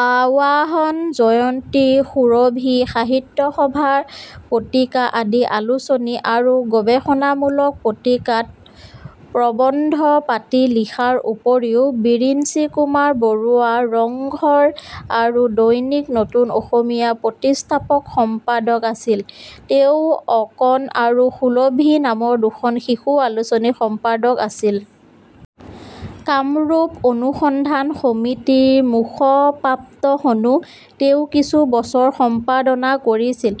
'আৱাহন', জয়ন্তী, সুৰভি, সাহিত্য সভা পত্ৰিকা, আদি আলোচনী আৰু গৱেষণামূলক পত্ৰিকাত প্ৰৱন্ধ-পাতি লিখাৰ উপৰিও বিৰিঞ্চি কুমাৰ বৰুৱা ৰংঘৰ আৰু দৈনিক নতুন অসমীয়াৰ প্ৰতিষ্ঠাপক সম্পাদক আছিল। তেওঁ 'অকণ' আৰু 'সুৰভি' নামৰ দুখন শিশু আলোচনীৰ সম্পাদক আছিল। কামৰূপ অনুসন্ধান সমিতিৰ মুখপত্ৰখনো তেওঁ কিছু বছৰ সম্পাদনা কৰিছিল।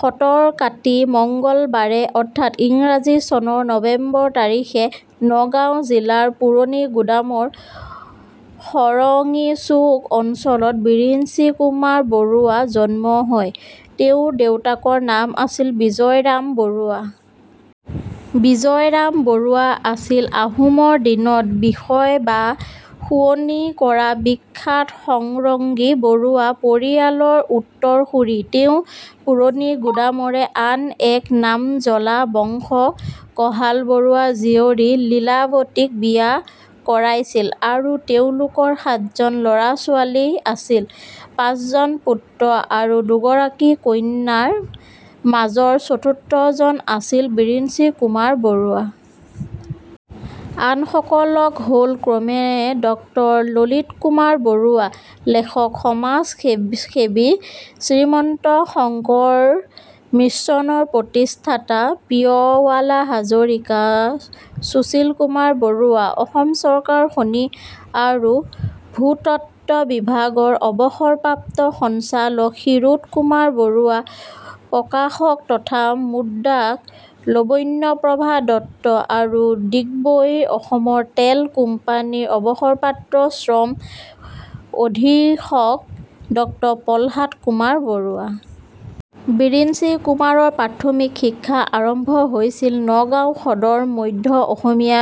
শকৰ কাতি, মঙ্গলবাৰে অৰ্থাৎ ইংৰাজী চনৰ নৱেম্বৰ তাৰিখে নগাঁও জিলাৰ পুৰণিগুদাম ৰ খৰঙীচুক অঞ্চলত বিৰিঞ্চি কুমাৰ বৰুৱাৰ জন্ম হয়। তেওঁৰ দেউতাকৰ নাম আছিল বিজয়ৰাম বৰুৱা। বিজয়ৰাম বৰুৱা আছিল আহোমৰ দিনত বিষয় বাব শুৱনি কৰা বিখ্যাত খৰঙ্গী বৰুৱা পৰিয়ালৰ উত্তৰসুৰী। তেওঁ পুৰণিগুদামৰে আন এক নামজ্বলা বংশ কঢ়াল বৰুৱাৰ জীয়ৰী লীলাৱতীক বিয়া কৰাইছিল আৰু তেওঁলোকৰ সাতজন ল'ৰা-ছোৱালী আছিল। পাঁচজন পুত্ৰ আৰু দুগৰাকী কন্যাৰ মাজৰ চতুৰ্থজন আছিল বিৰিঞ্চি কুমাৰ বৰুৱা। আনসকল হ'ল ক্ৰমে, ডাঃ ললিত কুমাৰ বৰুৱা, লেখক-সমাজসেৱী, শ্ৰীমন্ত শংকৰ মিছনৰ প্ৰতিষ্ঠাতা প্ৰিয়বালা হাজৰিকা, সুশীল কুমাৰ বৰুৱা, অসম চৰকাৰৰ খনি আৰু ভূতত্ব বিভাগৰ অৱসৰপ্ৰাপ্ত সঞ্চালক ক্ষীৰোদ কুমাৰ বৰুৱা, প্ৰকাশক তথা মুদ্ৰক লাৱণ্যপ্ৰভা দত্ত আৰু ডিগবৈৰ অসম তেল কোম্পানীৰ অৱসৰপ্ৰাপ্ত শ্ৰম অধীক্ষক ড প্ৰহ্লাদ কুমাৰ বৰুৱা। বিৰিঞ্চিকুমাৰৰ প্ৰাথমিক শিক্ষা আৰম্ভ হৈছিল নগাওঁ সদৰ মধ্য অসমীয়া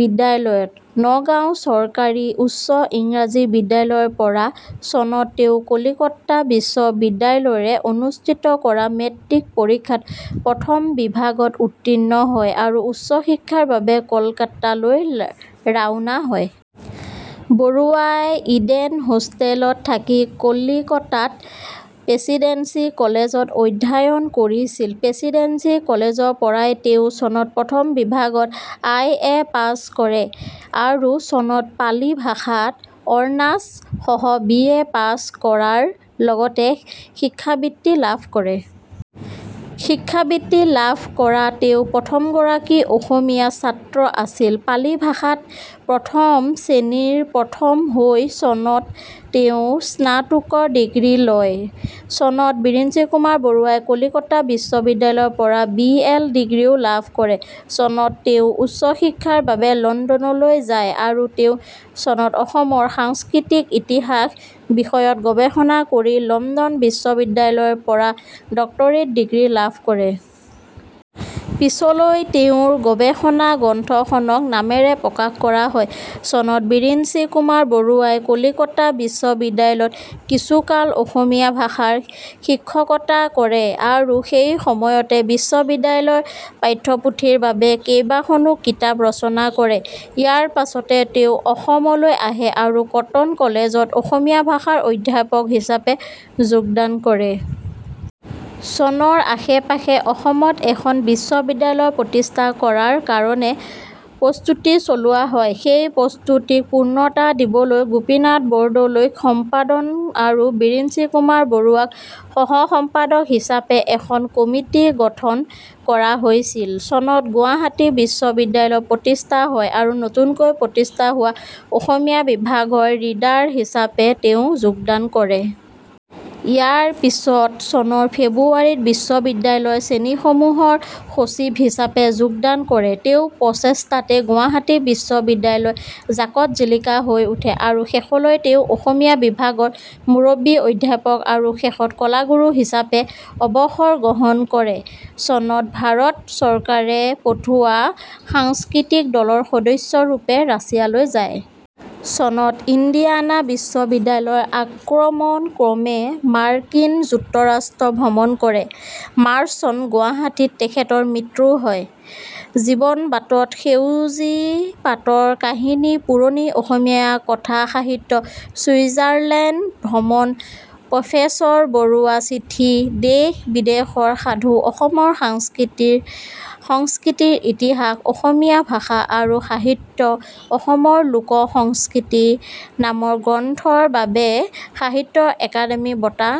বিদ্যালয়ত। নগাঁও চৰকাৰী উচ্চ ইংৰাজী বিদ্যালয়ৰ পৰা, চনত তেওঁ কলিকতা বিশ্ববিদ্যালয়ে অনুষ্ঠিত কৰা মেট্ৰিক পৰীক্ষাত প্ৰথম বিভাগত উত্তীৰ্ণ হয় আৰু উচ্চ শিক্ষাৰ বাবে কলিকতা লৈ ৰাওনা হয়। বৰুৱাই ইডেন হোষ্টেলত থাকি কলিকতাৰ প্ৰেচিডেন্সি কলেজত অধ্যয়ন কৰিছিল। প্ৰেচিডেন্সি কলেজৰ পৰাই তেওঁ চনত, প্ৰথম বিভাগত আই এ পাছ কৰে আৰু চনত, পালি ভাষাত অনাৰ্ছ সহ বি এ পাছ কৰাৰ লগতে শিক্ষাবৃত্তি লাভ কৰে। শিক্ষাবৃত্তি লাভ কৰা তেওঁ প্ৰথমগৰাকী অসমীয়া ছাত্ৰ আছিল। পালি ভাষা ত প্ৰথম শ্ৰেণীৰ প্ৰথম হৈ চনত, তেওঁ স্নাতকোত্তৰ ডিগ্ৰী লয়। চনত, বিৰিঞ্চিকুমাৰ বৰুৱাই কলিকতা বিশ্ববিদ্যালয়ৰ পৰা বি এল ডিগ্ৰীও লাভ কৰে। চনত তেওঁ উচ্চ শিক্ষাৰ বাবে লণ্ডনলৈ যায় আৰু তেওঁ চনত অসমৰ সাংস্কৃতিক ইতিহাস বিষয়ত গৱেষণা কৰি লণ্ডন বিশ্ববিদ্যালয় ৰ পৰা ডক্টৰেট ডিগ্ৰী লাভ কৰে। পিছলৈ তেওঁৰ গৱেষণা গ্ৰন্থখনক "" নামেৰে প্ৰকাশ কৰা হয়। চনত বিৰিঞ্চি কুমাৰ বৰুৱাই কলিকতা বিশ্ববিদ্যালয় ত কিছুকাল অসমীয়া ভাষাৰ শিক্ষকতা কৰে আৰু সেই সময়তে বিশ্ববিদ্যালয়ৰ পাঠ্যপুথিৰ বাবে কেইবাখনো কিতাপ ৰচনা কৰে। ইয়াৰ পিছতে তেওঁ অসম লৈ আহে আৰু কটন কলেজ ত অসমীয়া ভাষাৰ অধ্যাপক হিচাপে যোগদান কৰে। চনৰ আশে-পাশে অসমত এখন বিশ্ববিদ্যালয় প্ৰতিষ্ঠা কৰাৰ কাৰণে প্ৰস্তুতি চলোৱা হয়। সেই প্ৰস্তুতিক পূৰ্ণতা দিবলৈ গোপীনাথ বৰদলৈ ক সম্পাদক আৰু বিৰিঞ্চি কুমাৰ বৰুৱাক সহ-সম্পাদক হিচাপে এখন কমিটি গঠন কৰা হৈছিল। চনত গুৱাহাটী বিশ্ববিদ্যালয় প্ৰতিষ্ঠা হয় আৰু নতুনকৈ প্ৰতিষ্ঠা হোৱা অসমীয়া বিভাগৰ ৰিডাৰ হিচাপে তেওঁ যোগদান কৰে। ইয়াৰ পিচত চনৰ ফেব্ৰুৱাৰীত 'বিশ্ববিদ্যালয় শ্ৰেণীসমূহৰ সচিব' হিচাপে যোগদান কৰে। তেওঁৰ প্ৰচেষ্টাতে গুৱাহাটী বিশ্ববিদ্যালয় জাকত-জিলিকা হৈ উঠে আৰু শেষলৈ তেওঁ অসমীয়া বিভাগৰ মুৰব্বী অধ্যাপক আৰু শেষত কলাগুৰু হিচাপে অৱসৰ গ্ৰহণ কৰে। চনত ভাৰত চৰকাৰে পঠোৱা সাংস্কৃতিক দলৰ সদস্য ৰূপে ৰাছিয়ালৈ যায়। চনত ইণ্ডিয়ানা বিশ্ববিদ্যালয়ৰ আমন্ত্ৰণ ক্ৰমে মাৰ্কিন যুক্তৰাষ্ট্ৰ ভ্ৰমণ কৰে। মাৰ্চ চন, গুৱাহাটীত তেখেতৰ মৃত্যু হয়। জীৱনৰ বাটত সেউজী পাতৰ কাহিনী পুৰণি অসমীয়া কথা সাহিত্য চুইজাৰলেণ্ড ভ্ৰমণ প্ৰফেচৰ বৰুৱাৰ চিঠি দেশ বিদেশৰ সাধু অসমৰ সংস্কৃতিৰ ইতিহাস অসমীয়া ভাষা আৰু সাহিত্য অসমৰ লোক সংস্কৃতি নামৰ গ্ৰন্থৰ বাবে সাহিত্য অকাডেমি বঁটা,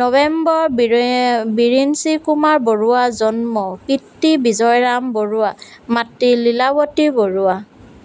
নৱেম্বৰ: বিৰিঞ্চিকুমাৰ বৰুৱাৰ জন্ম। পিতৃ-বিজয়ৰাম বৰুৱা। মাতৃ-লীলাৱতী বৰুৱা।